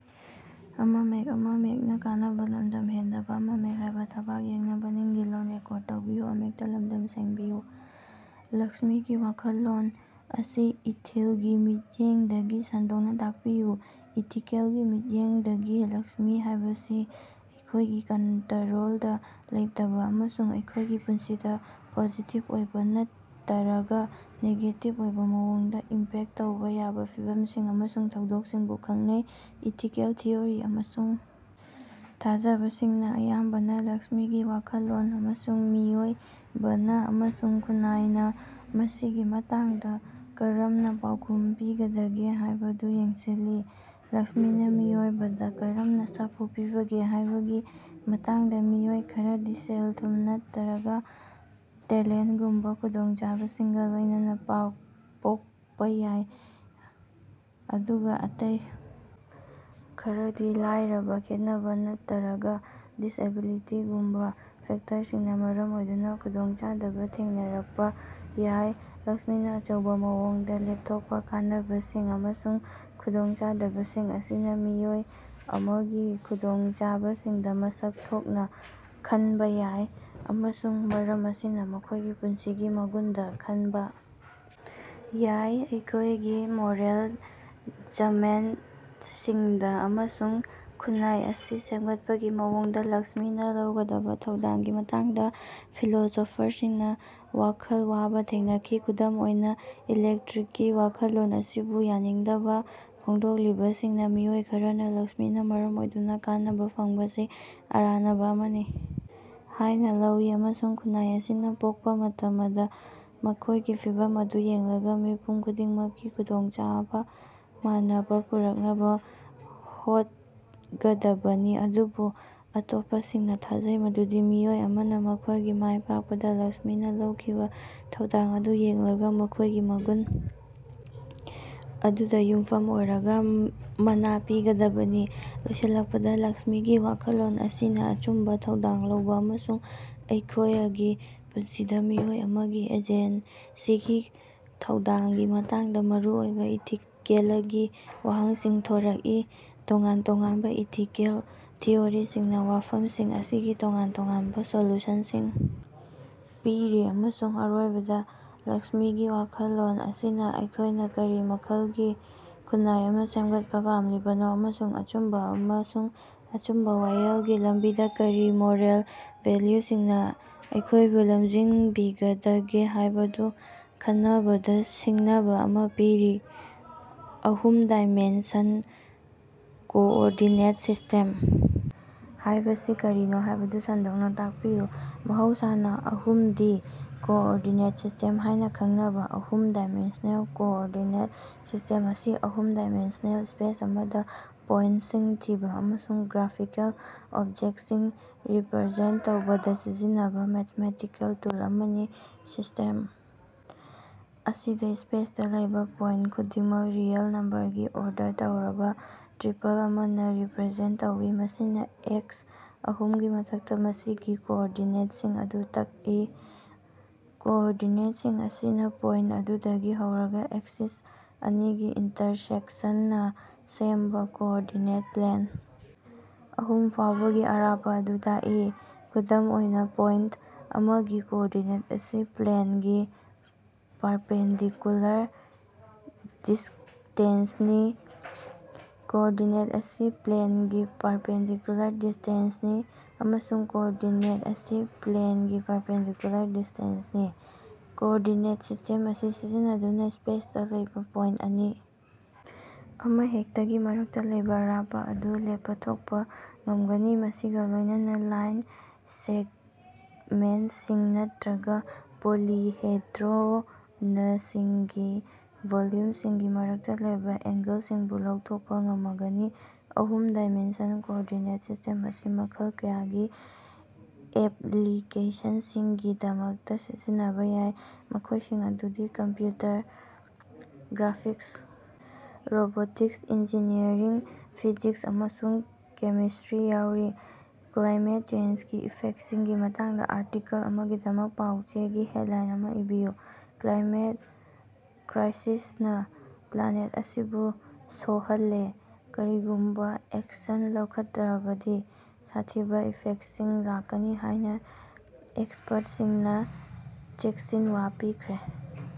ꯂꯛꯁ꯭ꯃꯤꯒꯤ ꯋꯥꯈꯜꯂꯣꯟ ꯑꯁꯤ ꯏꯊꯤꯜꯒꯤ ꯃꯤꯠꯌꯦꯡꯗꯒꯤ ꯁꯟꯗꯣꯛꯅ ꯇꯥꯛꯄꯤꯌꯨ꯫ ꯏꯊꯤꯀꯦꯜꯒꯤ ꯃꯤꯠꯌꯦꯡꯗꯒꯤ, ꯂꯛꯁ꯭ꯃꯤ ꯍꯥꯏꯕꯁꯤ ꯑꯩꯈꯣꯏꯒꯤ ꯀꯟꯇꯔꯣꯜꯗ ꯂꯩꯇꯕ ꯑꯃꯁꯨꯡ ꯑꯩꯈꯣꯏꯒꯤ ꯄꯨꯟꯁꯤꯗ ꯄꯣꯖꯤꯇꯤꯕ ꯑꯣꯏꯕ ꯅꯠꯇꯔꯒ ꯅꯦꯒꯦꯇꯤꯕ ꯑꯣꯏꯕ ꯃꯑꯣꯡꯗ ꯏꯝꯄꯦꯛꯇ ꯇꯧꯕ ꯌꯥꯕ ꯐꯤꯚꯝꯁꯤꯡ ꯑꯃꯁꯨꯡ ꯊꯧꯗꯣꯛꯁꯤꯡꯕꯨ ꯈꯪꯅꯩ꯫ ꯏꯊꯤꯀꯦꯜ ꯊꯤꯑꯣꯔꯤ ꯑꯃꯁꯨꯡ ꯊꯥꯖꯕꯁꯤꯡꯅ ꯑꯌꯥꯝꯕꯅ ꯂꯛꯁ꯭ꯃꯤꯒꯤ ꯋꯥꯈꯜꯂꯣꯟ, ꯑꯃꯁꯨꯡ ꯃꯤꯑꯣꯏꯕꯅ ꯑꯃꯁꯨꯡ ꯈꯨꯟꯅꯥꯏꯅ ꯃꯁꯤꯒꯤ ꯃꯇꯥꯡꯗ ꯀꯔꯝꯅ ꯄꯥꯎꯈꯨꯝ ꯄꯤꯒꯗꯒꯦ ꯍꯥꯏꯕꯗꯨ ꯌꯦꯡꯁꯤꯜꯂꯤ꯫ ꯂꯛꯁ꯭ꯃꯤꯅ ꯃꯤꯑꯣꯏꯕꯗ ꯀꯔꯝꯅ ꯁꯥꯐꯨ ꯄꯤꯕꯒꯦ ꯍꯥꯏꯕꯒꯤ ꯃꯇꯥꯡꯗꯥ ꯃꯤꯑꯣꯏ ꯈꯔꯗꯤ ꯁꯦꯜ-ꯊꯨꯝ ꯅꯠꯇꯔꯒ ꯇꯦꯂꯦꯟꯇꯒꯨꯝꯕ ꯈꯨꯗꯣꯡꯆꯥꯕꯁꯤꯡꯒ ꯂꯣꯏꯅꯅ ꯄꯣꯛꯄ ꯌꯥꯏ, ꯑꯗꯨꯒ ꯑꯇꯩ ꯈꯔꯗꯤ ꯂꯥꯏꯔꯕ, ꯈꯦꯠꯅꯕ, ꯅꯠꯇꯔꯒ ꯗꯤꯁꯑꯦꯕꯤꯂꯤꯇꯤꯒꯨꯝꯕ ꯐꯦꯛꯇꯔꯁꯤꯡꯅ ꯃꯔꯝ ꯑꯣꯏꯗꯨꯅ ꯈꯨꯗꯣꯡꯆꯥꯗꯕ ꯊꯦꯡꯅꯔꯛꯄ ꯌꯥꯏ꯫ ꯂꯛꯁ꯭ꯃꯤꯅ ꯑꯆꯧꯕ ꯃꯑꯣꯡꯗ ꯂꯦꯞꯊꯣꯛꯄ ꯀꯥꯟꯅꯕꯁꯤꯡ ꯑꯃꯁꯨꯡ ꯈꯨꯗꯣꯡꯆꯥꯗꯕꯁꯤꯡ ꯑꯁꯤꯅꯥ ꯃꯤꯑꯣꯏ ꯑꯃꯒꯤ ꯈꯨꯗꯣꯡꯆꯥꯕꯁꯤꯡꯗ ꯃꯁꯛ ꯊꯣꯛꯅ ꯈꯟꯕ ꯌꯥꯏ, ꯑꯃꯁꯨꯡ ꯃꯔꯝ ꯑꯁꯤꯅ ꯃꯈꯣꯏꯒꯤ ꯄꯨꯟꯁꯤꯒꯤ ꯃꯒꯨꯟꯗ ꯈꯟꯕꯥ ꯌꯥꯏ꯫ ꯑꯩꯈꯣꯏꯒꯤ ꯃꯣꯔꯦꯜ ꯖꯃꯦꯟꯇꯁꯤꯡꯗꯥ ꯑꯃꯁꯨꯡ ꯈꯨꯟꯅꯥꯏ ꯑꯁꯤ ꯁꯦꯝꯒꯠꯄꯒꯤ ꯃꯑꯣꯡꯗ ꯂꯛꯁ꯭ꯃꯤꯅ ꯂꯧꯒꯗꯕ ꯊꯧꯗꯥꯡꯒꯤ ꯃꯇꯥꯡꯗ ꯐꯤꯂꯣꯖꯣꯐꯔꯁꯤꯡꯅ ꯋꯥꯈꯜ ꯋꯥꯕ ꯊꯦꯡꯅꯈꯤ꯫ ꯈꯨꯗꯝ ꯑꯣꯏꯅ, ꯏꯂꯦꯛꯇ꯭ꯔꯤꯛꯒꯤ ꯋꯥꯈꯜꯂꯣꯟ ꯑꯁꯤꯕꯨ ꯌꯥꯅꯤꯡꯗꯕ ꯐꯣꯡꯗꯣꯛꯂꯤꯕꯁꯤꯡꯅ ꯃꯤꯑꯣꯏ ꯈꯔꯅ ꯂꯛꯁ꯭ꯃꯤꯅ ꯃꯔꯝ ꯑꯣꯏꯗꯨꯅ ꯀꯥꯟꯅꯕ ꯐꯪꯕꯁꯤ ꯑꯔꯥꯅꯕ ꯑꯃꯅꯤ ꯍꯥꯏꯅ ꯂꯧꯏ, ꯑꯃꯁꯨꯡ ꯈꯨꯟꯅꯥꯏ ꯑꯁꯤꯅ ꯄꯣꯛꯄ ꯃꯇꯃꯗ ꯃꯈꯣꯏꯒꯤ ꯐꯤꯚꯝ ꯑꯗꯨ ꯌꯦꯡꯂꯒ ꯃꯤꯄꯨꯝ ꯈꯨꯗꯤꯡꯃꯛꯀꯤ ꯈꯨꯗꯣꯡꯆꯥꯕ ꯃꯥꯟꯅꯕ ꯄꯨꯔꯛꯅꯕ ꯍꯣꯠꯒꯗꯕꯅꯤ꯫ ꯑꯗꯨꯕꯨ ꯑꯇꯣꯞꯄꯁꯤꯡꯅ ꯊꯥꯖꯩ ꯃꯗꯨꯗꯤ ꯃꯤꯑꯣꯏ ꯑꯃꯅ ꯃꯈꯣꯏꯒꯤ ꯃꯥꯏ ꯄꯥꯛꯄꯗ ꯂꯛꯁ꯭ꯃꯤꯅ ꯂꯧꯈꯤꯕ ꯊꯧꯗꯥꯡ ꯑꯗꯨ ꯌꯦꯡꯂꯒ ꯃꯈꯣꯏꯒꯤ ꯃꯒꯨꯟ ꯑꯗꯨꯗ ꯌꯨꯝꯐꯝ ꯑꯣꯏꯔꯒ ꯃꯅꯥ ꯄꯤꯒꯗꯕꯅꯤ꯫ ꯂꯣꯏꯁꯤꯜꯂꯛꯄꯗ, ꯂꯛꯁ꯭ꯃꯤꯒꯤ ꯋꯥꯈꯜꯂꯣꯟ ꯑꯁꯤꯅ ꯑꯆꯨꯝꯕ, ꯊꯧꯗꯥꯡ ꯂꯧꯕ ꯑꯃꯁꯨꯡ ꯑꯩꯈꯣꯌꯒꯤ ꯄꯨꯟꯁꯤꯗꯥ ꯃꯤꯑꯣꯏ ꯑꯃꯒꯤ ꯑꯦꯖꯦꯟꯁꯤꯒꯤ ꯊꯧꯗꯥꯡꯒꯤ ꯃꯇꯥꯡꯗꯥ ꯃꯔꯨꯑꯣꯏꯕꯥ ꯏꯊꯤꯀꯦꯂꯒꯤ ꯋꯥꯍꯪꯁꯤꯡ ꯊꯣꯔꯛꯏ꯫ ꯇꯣꯉꯥꯟ ꯇꯣꯉꯥꯟꯕ ꯏꯊꯤꯀꯦꯜ ꯊꯤꯑꯣꯔꯤꯁꯤꯡꯅ ꯋꯥꯐꯝꯁꯤꯡ ꯑꯁꯤꯒꯤ ꯇꯣꯉꯥꯟ ꯇꯣꯉꯥꯟꯕ ꯁꯣꯂꯨꯁꯟꯁꯤꯡ ꯄꯤꯔꯤ, ꯑꯃꯁꯨꯡ ꯑꯔꯣꯏꯕꯗ, ꯂꯛꯁ꯭ꯃꯤꯒꯤ ꯋꯥꯈꯜꯂꯣꯟ ꯑꯁꯤꯅ ꯑꯩꯈꯣꯏꯅ ꯀꯔꯤ ꯃꯈꯜꯒꯤ ꯈꯨꯟꯅꯥꯏ ꯑꯃ ꯁꯦꯝꯒꯠꯄ ꯄꯥꯝꯂꯤꯕꯅꯣ, ꯑꯃꯁꯨꯡ ꯑꯆꯨꯝꯕ ꯑꯃꯁꯨꯡ ꯑꯆꯨꯝꯕ ꯋꯥꯌꯦꯜꯒꯤ ꯂꯝꯕꯤꯗ ꯀꯔꯤ ꯃꯣꯔꯦꯜ ꯚꯦꯜꯌꯨꯁꯤꯡꯅ ꯑꯩꯈꯣꯏꯕꯨ ꯂꯝꯖꯤꯡꯕꯤꯒꯗꯒꯦ ꯍꯥꯏꯕꯗꯨ ꯈꯟꯅꯕꯗ ꯁꯤꯡꯅꯕ ꯑꯃ ꯄꯤꯔꯤ꯫ ꯑꯍꯨꯝ ꯗꯥꯏꯃꯦꯟꯁꯟ ꯀꯣꯑꯣꯔꯗꯤꯅꯦꯠ ꯁꯤꯁ꯭ꯇꯦꯝ ꯍꯥꯏꯕꯁꯤ ꯀꯔꯤꯅꯣ ꯍꯥꯏꯕꯗꯨ ꯁꯟꯗꯣꯛꯅ ꯇꯥꯛꯄꯤꯌꯨ꯫ ꯃꯍꯧꯁꯥꯅ ꯑꯍꯨꯝ ꯗꯤ ꯀꯣꯑꯣꯔꯗꯤꯅꯦꯠ ꯁꯤꯁ꯭ꯇꯦꯝ ꯍꯥꯏꯅ ꯈꯪꯅꯕ ꯑꯍꯨꯝ ꯗꯥꯏꯃꯦꯟꯁꯅꯦꯜ ꯀꯣꯑꯣꯔꯗꯤꯅꯦꯠ ꯁꯤꯁ꯭ꯇꯦꯝ ꯑꯁꯤ ꯑꯍꯨꯝ ꯗꯥꯏꯃꯦꯟꯁꯅꯦꯜ ꯁ꯭ꯄꯦꯁ ꯑꯃꯗ ꯄꯣꯏꯟꯇꯁꯤꯡ ꯊꯤꯕ ꯑꯃꯁꯨꯡ ꯒ꯭ꯔꯥꯐꯤꯀꯦꯜ ꯑꯣꯕꯖꯦꯛꯇꯁꯤꯡ ꯔꯤꯄꯔꯖꯦꯟꯇ ꯇꯧꯕꯗ ꯁꯤꯖꯤꯟꯅꯕ ꯃꯦꯊꯃꯦꯇꯤꯀꯦꯜ ꯇꯨꯜ ꯑꯃꯅꯤ꯫ ꯁꯤꯁ꯭ꯇꯦꯝ ꯑꯁꯤꯗ, ꯁ꯭ꯄꯦꯁꯇꯥ ꯂꯩꯕ ꯄꯣꯏꯟꯇ ꯈꯨꯗꯤꯡꯃꯛ ꯔꯤꯑꯦꯜ ꯅꯝꯕꯔ ꯒꯤ ꯑꯣꯔꯗꯔ ꯇꯧꯔꯕ ꯇ꯭ꯔꯤꯄꯜ ꯑꯃꯅ ꯔꯤꯄꯔꯖꯦꯟꯇ ꯇꯧꯏ, ꯃꯁꯤꯅ ꯑꯦꯛꯁ ꯑꯍꯨꯝꯒꯤ ꯃꯊꯛꯇ ꯃꯁꯤꯒꯤ ꯀꯣꯑꯣꯔꯗꯤꯅꯦꯠꯁꯤꯡ ꯑꯗꯨ ꯇꯛꯏ꯫ ꯀꯣꯑꯣꯔꯗꯤꯅꯦꯠꯁꯤꯡ ꯑꯁꯤꯅ ꯄꯣꯏꯟꯇ ꯑꯗꯨꯗꯒꯤ ꯍꯧꯔꯒ ꯑꯦꯛꯁꯤꯁ ꯑꯅꯤꯒꯤ ꯏꯟꯇꯔꯁꯦꯛꯁꯟꯅ ꯁꯦꯝꯕꯥ ꯀꯣꯑꯣꯔꯗꯤꯅꯦꯠ ꯄ꯭ꯂꯦꯟ ꯑꯍꯨꯝ ꯐꯥꯎꯕꯒꯤ ꯑꯔꯥꯞꯄ ꯑꯗꯨ ꯇꯥꯛꯏ꯫ ꯈꯨꯗꯝ ꯑꯣꯏꯅꯥ, ꯄꯣꯏꯟꯇ ꯑꯃꯒꯤ -ꯀꯣꯑꯣꯔꯗꯤꯅꯦꯠ ꯑꯁꯤ -ꯄ꯭ꯂꯦꯟꯗꯒꯤ ꯄꯥꯔꯄꯦꯟꯗꯤꯀꯨꯂꯥꯔ ꯗꯤꯁ꯭ꯇꯦꯟꯁꯅꯤ, -ꯀꯣꯑꯣꯔꯗꯤꯅꯦꯠ ꯑꯁꯤ -ꯄ꯭ꯂꯦꯟꯗꯒꯤ ꯄꯥꯔꯄꯦꯟꯗꯤꯀꯨꯂꯥꯔ ꯗꯤꯁ꯭ꯇꯦꯟꯁꯅꯤ, ꯑꯃꯁꯨꯡ -ꯀꯣꯑꯣꯔꯗꯤꯅꯦꯠ ꯑꯁꯤ -ꯄ꯭ꯂꯦꯟꯗꯒꯤ ꯄꯥꯔꯄꯦꯟꯗꯤꯀꯨꯂꯥꯔ ꯗꯤꯁ꯭ꯇꯦꯟꯁꯅꯤ꯫ ꯀꯣꯑꯣꯔꯗꯤꯅꯦꯠ ꯁꯤꯁ꯭ꯇꯦꯝ ꯑꯁꯤ ꯁꯤꯖꯤꯟꯅꯗꯨꯅ ꯁ꯭ꯄꯦꯁꯇ ꯂꯩꯕ ꯄꯣꯏꯟꯇ ꯑꯅꯤ ꯑꯃꯍꯦꯛꯇꯒꯤ ꯃꯔꯛꯇꯥ ꯂꯩꯕ ꯑꯔꯥꯞꯄ ꯑꯗꯨ ꯂꯦꯄꯊꯣꯛꯄ ꯉꯝꯒꯅꯤ, ꯃꯁꯤꯒ ꯂꯣꯏꯅꯅꯥ ꯂꯥꯏꯟ ꯁꯦꯒꯃꯦꯟꯇꯁꯤꯡ ꯅꯠꯇꯔꯒ ꯄꯣꯂꯤꯍꯦꯗ꯭ꯔꯣꯅꯁꯤꯡꯒꯤ ꯚꯣꯜꯌꯨꯝꯁꯤꯡꯒꯤ ꯃꯔꯛꯇꯥ ꯂꯩꯕ ꯑꯦꯡꯒꯜꯁꯤꯡꯁꯨ ꯂꯧꯊꯣꯛꯄ ꯉꯃꯒꯅꯤ꯫ ꯑꯍꯨꯝ ꯗꯥꯏꯃꯦꯟꯁꯟ ꯀꯣꯑꯣꯔꯗꯤꯅꯦꯠ ꯁꯤꯁ꯭ꯇꯦꯝ ꯑꯁꯤ ꯃꯈꯜ ꯀꯌꯥꯒꯤ ꯑꯦꯞꯂꯤꯀꯦꯁꯟꯁꯤꯡꯒꯤꯗꯃꯛꯇ ꯁꯤꯖꯤꯟꯅꯕ ꯌꯥꯏ, ꯃꯈꯣꯏꯁꯤꯡ ꯑꯗꯨꯗꯤ: computer graphics, robotics, engineering, physics, ꯑꯃꯁꯨꯡ ꯀꯦꯃꯦꯁꯇ꯭ꯔꯤ ꯌꯥꯎꯔꯤ꯫ ꯀ꯭ꯂꯥꯏꯃꯦꯠ ꯆꯦꯟꯖꯒꯤ ꯏꯐꯦꯛꯇꯁꯤꯡꯒꯤ ꯃꯇꯥꯡꯗ ꯑꯥꯔꯇꯤꯀꯜ ꯑꯃꯒꯤꯗꯃꯛ ꯄꯥꯎ-ꯆꯦꯒꯤ ꯍꯦꯗꯂꯥꯏꯟ ꯑꯃ ꯏꯕꯤꯌꯨ꯫ "ꯀ꯭ꯂꯥꯏꯃꯦꯠ ꯀ꯭ꯔꯥꯏꯁꯤꯁꯅ ꯄ꯭ꯂꯥꯅꯦꯠ ꯑꯁꯤꯕꯨ ꯁꯣꯍꯜꯂꯦ: ꯀꯔꯤꯒꯨꯝꯕ ꯑꯦꯛꯁꯟ ꯂꯧꯈꯠꯇ꯭ꯔꯕꯗꯤ ꯁꯥꯊꯤꯕ ꯏꯐꯦꯛꯁꯤꯡ ꯂꯥꯛꯀꯅꯤ ꯍꯥꯏꯅ ꯑꯦꯛꯁꯄꯔꯇꯁꯤꯡꯅ ꯆꯦꯛꯁꯤꯟꯋꯥ ꯄꯤꯈ꯭ꯔꯦ"꯫